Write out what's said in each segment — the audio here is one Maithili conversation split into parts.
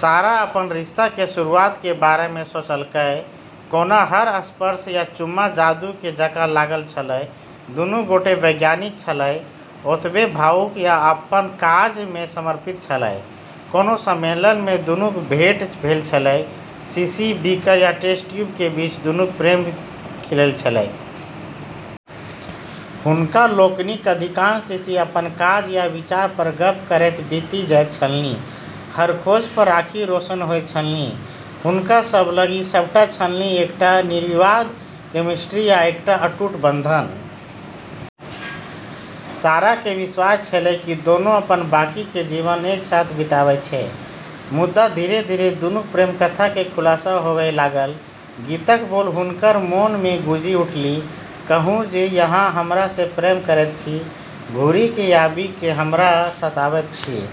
सारा अपन रिश्ता के शुरुआत के बारे में सोचलकै, कोना हर स्पर्श आ चुम्मा जादू जकाँ लागल छल। दुनू गोटे वैज्ञानिक छलाह, ओतबे भावुक आ अपन काज मे समर्पित छलाह। कोनो सम्मेलन मे दुनूक भेंट भेल छलैक, शीशी, बीकर, आ टेस्ट ट्यूब के बीच दुनूक प्रेम खिलल छलैक। हुनका लोकनिक अधिकांश तिथि अपन काज आ विचार पर गप्प करैत बीति जाइत छलनि, हर खोज पर आँखि रोशन होइत छलनि। हुनका सब लग ई सबटा छलनि, एकटा निर्विवाद केमिस्ट्री आ एकटा अटूट बंधन। सारा के विश्वास छेलै कि दोनों अपन बाकी के जीवन एक साथ बिताबै छै। मुदा धीरे-धीरे दुनूक प्रेमकथा के खुलासा होबय लागल। गीतक बोल हुनकर मोन मे गूँजि उठलनि, "कहू जे अहाँ हमरा सँ प्रेम करैत छी, घुरि क' आबि क' हमरा सताबैत छी।"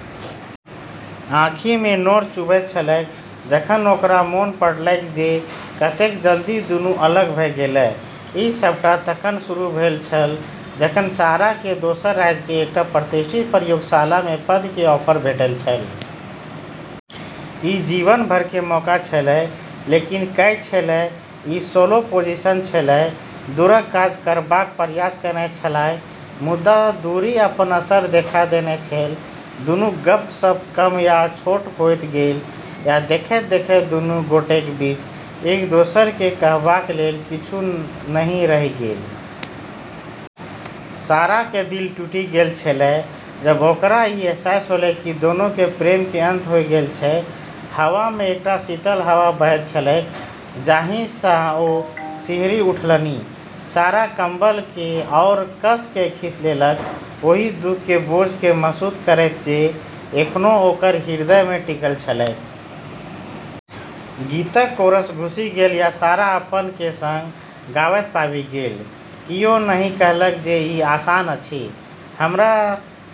आँखि मे नोर चुभैत छलैक जखन ओकरा मोन पड़लैक जे कतेक जल्दी दुनू अलग भ' गेलै। ई सबटा तखन शुरू भेल छल जखन सारा के दोसर राज्य के एकटा प्रतिष्ठित प्रयोगशाला मे पद के ऑफर भेटल छल। ई जीवन भर के मौका छेलै, लेकिन कैच छेलै, ई सोलो पोजीशन छेलै। दूरक काज करबाक प्रयास केने छलाह, मुदा दूरी अपन असर देखा देने छल। दुनूक गप्प-सप्प कम आ छोट होइत गेल, आ देखैत-देखैत दुनू गोटेक बीच एक-दोसर केँ कहबाक लेल किछु नहि रहि गेल। सारा के दिल टूटी गेलऽ छेलै जबेॅ ओकरा ई अहसास होलै कि दोनों के प्रेम के अंत होय गेलऽ छै। हवा मे एकटा शीतल हवा बहैत छलैक, जाहि सँ ओ सिहरि उठलनि। सारा कम्बल केँ आओर कस क' खींच लेलक, ओहि दुख के बोझ केँ महसूस करैत जे एखनो ओकर हृदय मे टिकल छलैक। गीतक कोरस घुसि गेल आ सारा अपन केँ संग गाबैत पाबि गेल, "कियो नहि कहलक जे ई आसान अछि, हमरा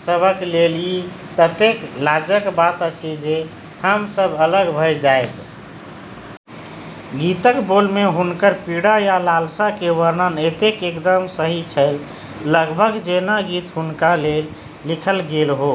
सभक लेल ई ततेक लाजक बात अछि जे हम सभ अलग भ' जायब।" गीतक बोल मे हुनकर पीड़ा आ लालसा के वर्णन एतेक एकदम सही छल; लगभग जेना गीत हुनका लेल लिखल गेल हो।